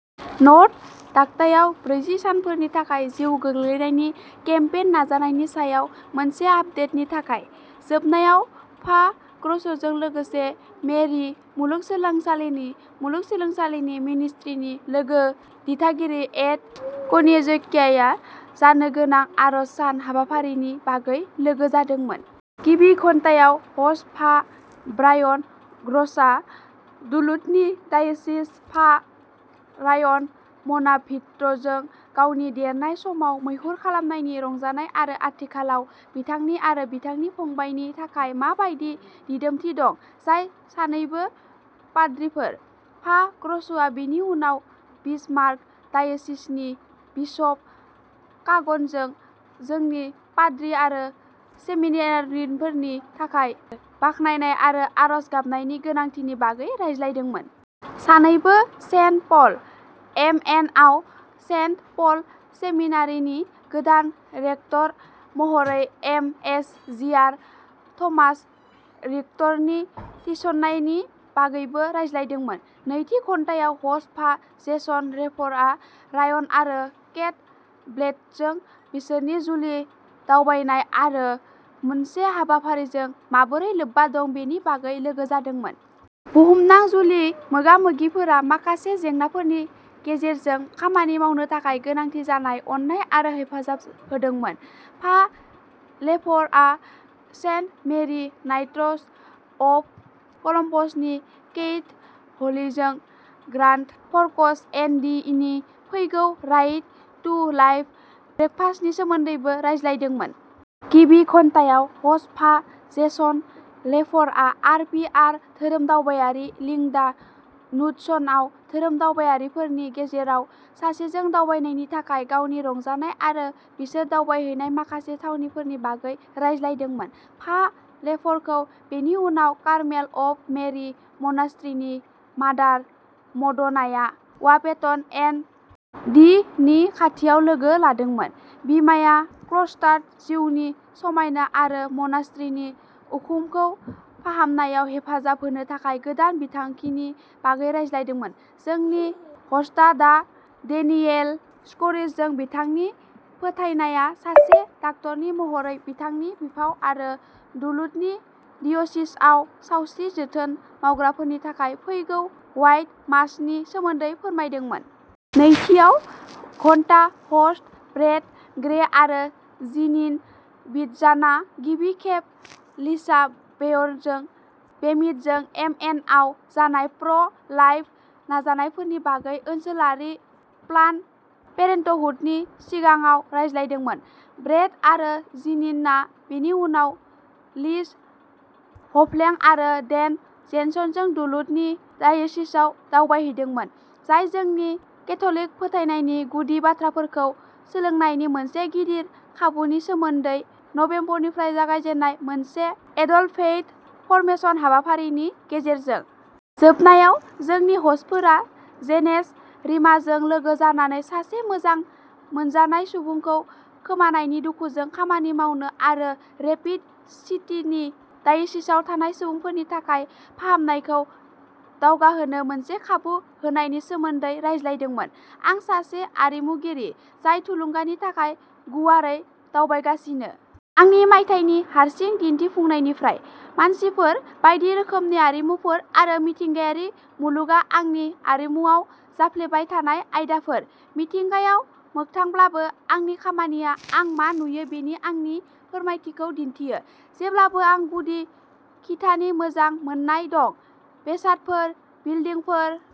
North डाकटायाव ब्रैजि सानफोरनि थाखाय जिउ गोग्लैनायनि केम्पेइन नाजानायनि सायाव मोनसे आपडेटनि थाखाय। जोबनायाव, फा. ग्र'सजों लोगोसे मेरि मुलुगसोलोंसालिनि मुलुगसोलोंसालिनि मिनिस्ट्रिनि लोगो दिथागिरि एड कनिएज्काया जानो गोनां आरज सान हाबाफारिनि बागै लोगो जादोंमोन। गिबि घन्टायाव, ह'स्ट फा. ब्रायन ग्र'सआ डुलुथनि डायोसिस फा. रायन म'राभिट्जजों गावनि देरनाय समाव मैहुर खालामनायनि रंजानाय आरो आथिखालाव बिथांनि आरो बिथांनि फंबायनि थाखाय मा बायदि दिदोमथि दं, जाय सानैबो पाद्रिफोर। फा. ग्र'सआ बिनि उनाव बिसमार्क डायोसिसनि बिशप कागनजों जोंनि पाद्रि आरो सेमिनारियानफोरनि थाखाय बाख्नायनाय आरो आरज गाबनायनि गोनांथिनि बागै रायज्लायदोंमोन। सानैबो सेन्ट पल, एमएनआव सेन्ट पल सेमिनारिनि गोदान रेक्टर महरै एमएसजिआर थमास रिक्टरनि थिसननायनि बागैबो रायज्लायदोंमोन। नैथि घन्टायाव, ह'स्ट फा. जेसन लेफरआ रायन आरो केट ब्लेथजों बिसोरनि जुलि दावबायनाय आरो मोनसे हाबाफारिजों माबोरै लोब्बा दं बेनि बागै लोगो जादोंमोन। बुहुमनां जुलि मोगा-मोगिफोरा माखासे जेंनाफोरनि गेजेरजों खामानि मावनो थाखाय गोनांथि जानाय अननाय आरो हेफाजाब होदोंमोन। फा. लेफरआ सेन्ट मेरि नाइट्स अफ कलम्बासनि केइथ हलिजों ग्रान्ड फ'र्कस, एन. डि. नि फैगौ "राइट टु लाइफ" ब्रेकफास्टनि सोमोन्दैबो रायज्लायदोंमोन। गिबि घन्टायाव, ह'स्ट फा. जेसन लेफरआ आर. पि. आर. धोरोमदावबायारि लिंडा नुडसनआव धोरोमदावबायारिफोरनि गेजेराव सासेजों दावबायनायनि थाखाय गावनि रंजानाय आरो बिसोर दावबायहैनाय माखासे थावनिफोरनि बागै रायज्लायदोंमोन। फा. लेफरखौ बेनि उनाव कारमेल अफ मेरि म'नास्ट्रिनि मादार म'ड'नाया वाहपेटन, एन. डि. नि खाथियाव लोगो लादोंमोन। बिमाया क्ल'स्टार्ड जिउनि समायना आरो म'नास्ट्रिनि उखुमखौ फाहामनायाव हेफाजाब होनो थाखाय गोदान बिथांखिनि बागै रायज्लायदोंमोन। जोंनि ह'स्टआ डा. डेनियेल स्क'रिचजों बिथांनि फोथायनाया सासे डाक्टारनि महरै बिथांनि बिफाव आरो डुलुथनि डिय'सिसआव सावस्रि जोथोन मावग्राफोरनि थाखाय फैगौ व्हाइट मासनि सोमोन्दै फोरमायदोंमोन। नैथिआव। घन्टा, ह'स्ट ब्रैड ग्रे आरो जीनिन बितजानआ गिबि खेब लिसा बेयरजों बेमिडजी, एमएनआव जानाय प्र'- लाइफ नाजानायफोरनि बागै ओनसोलारि प्लान्ड पेरेन्टहुडनि सिगाङाव रायज्लायदोंमोन। ब्रैड आरो जीनिनआ बेनि उनाव लिज हफर्ले आरो डेन जनसनजों डुलुथनि डायोसिसआव दावबायहैदोंमोन, जाय जोंनि केथ'लिक फोथायनायनि गुदि बाथ्राफोरखौ सोलोंनायनि मोनसे गिदिर खाबुनि सोमोन्दै, नबेम्बरनिफ्राय जागायजेन्नाय मोनसे एडल्ट फेइथ फर्मेशन हाबाफारिनि गेजेरजों। जोबनायाव, जोंनि ह'स्टफोरा जेनेस रीमानजों लोगो जानानै सासे मोजां मोनजानाय सुबुंखौ खोमानायनि दुखुजों खामानि मावनो आरो रेपिड सिटीनि डायोसिसआव थानाय सुबुंफोरनि थाखाय फाहामनायखौ दावगाहोनो मोनसे खाबु होनायनि सोमोन्दै रायज्लायदोंमोन। आं सासे आरिमुगिरि, जाय थुलुंगानि थाखाय गुवारै दावबायगासिनो! आंनि मायथाइनि हारसिं दिन्थिफुंनायनिफ्राय। मानसिफोर, बायदि रोखोमनि हारिमुफोर, आरो मिथिंगायारि मुलुगआ आंनि आरिमुआव जाफ्लेबाय थानाय आयदाफोर। मिथिंगायाव मोगथांब्लाबो, आंनि खामानिया आं मा नुयो बेनि आंनि फोरमायथिखौ दिन्थियो। जेब्लाबो आंनि गुदि खिथानि मोजां मोननाया दंः बेसादफोर, बिल्दिंफोर,